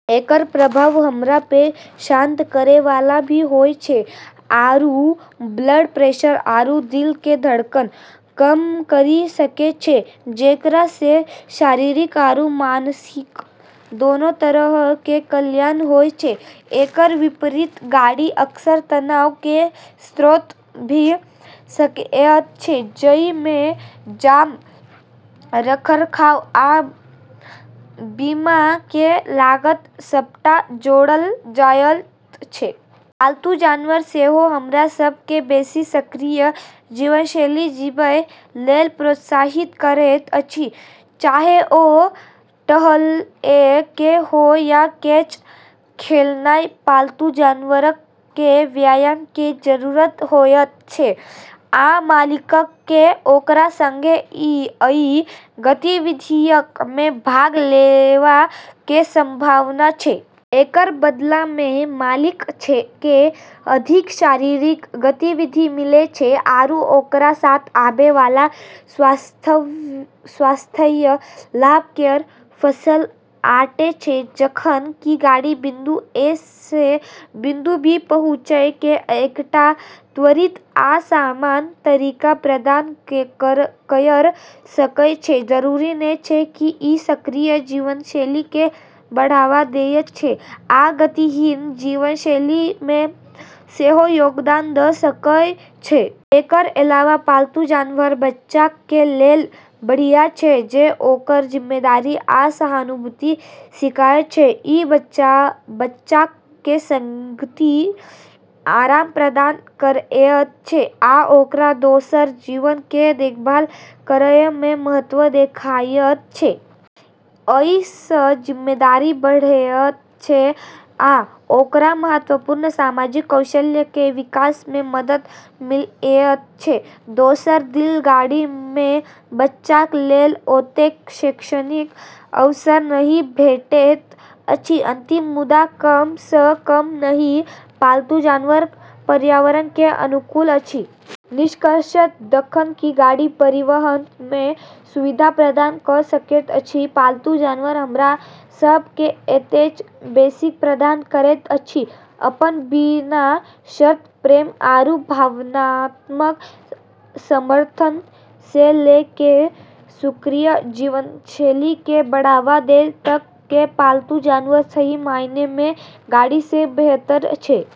एकरऽ प्रभाव हमरा प॑ शांत करै वाला भी होय छै आरू ब्लड प्रेशर आरू दिल के धड़कन कम करी सकै छै, जेकरा स॑ शारीरिक आरू मानसिक दोनों तरह के कल्याण होय छै। एकर विपरीत, गाड़ी अक्सर तनाव कें स्रोत भ सकएयत छै, जइ मे जाम, रखरखाव, आ बीमा कें लागत सबटा जोड़ल जायत छै. पालतू जानवर सेहो हमरा सब के बेसी सक्रिय जीवनशैली जीबय लेल प्रोत्साहित करैत अछि। चाहे ओ टहलएय कें हो या कैच खेलनाय, पालतू जानवरक कें व्यायाम कें जरूरत होयत छै आ मालिकक कें ओकरा संगे अइ गतिविधियक मे भाग लेवा कें संभावना छै. एकरऽ बदला म॑ मालिकऽ क॑ अधिक शारीरिक गतिविधि मिलै छै आरू ओकरा साथ आबै वाला स्वास्थ्य लाभ केरऽ फसल काटै छै। जखन कि गाड़ी बिंदु ए सं बिंदु बी पहुंचय कें एकटा त्वरित आ आसान तरीका प्रदान कयर सकय छै, जरूरी नै छै कि इ सक्रिय जीवनशैली कें बढ़ावा देयत छै, आ गतिहीन जीवनशैली मे सेहो योगदान द सकय छै. एकर अलावा पालतू जानवर बच्चाक कें लेल बढ़िया छै, जे ओकरा जिम्मेदारी आ सहानुभूति सिखायत छै. इ बच्चाक कें संगति, आराम प्रदान करएयत छै आ ओकरा दोसर जीव कें देखभाल करएय कें महत्व देखाएयत छै. अइ सं जिम्मेदारी बढ़एयत छै आ ओकरा महत्वपूर्ण सामाजिक कौशल कें विकास मे मदद मिलएयत छै. दोसर दिस गाड़ी मे बच्चाक लेल ओतेक शैक्षणिक अवसर नहि भेटैत अछि। अंतिम मुदा कम सं कम नहिं, पालतू जानवर पर्यावरण के अनुकूल अछि. निष्कर्षतः, जखन कि गाड़ी परिवहन में सुविधा प्रदान क सकैत अछि, पालतू जानवर हमरा सब के एतेक बेसी प्रदान करैत अछि. अपनऽ बिना शर्त प्रेम आरू भावनात्मक समर्थन स॑ ल॑ क॑ सक्रिय जीवनशैली क॑ बढ़ावा दै तक के पालतू जानवर सही मायने म॑ गाड़ी स॑ बेहतर छै।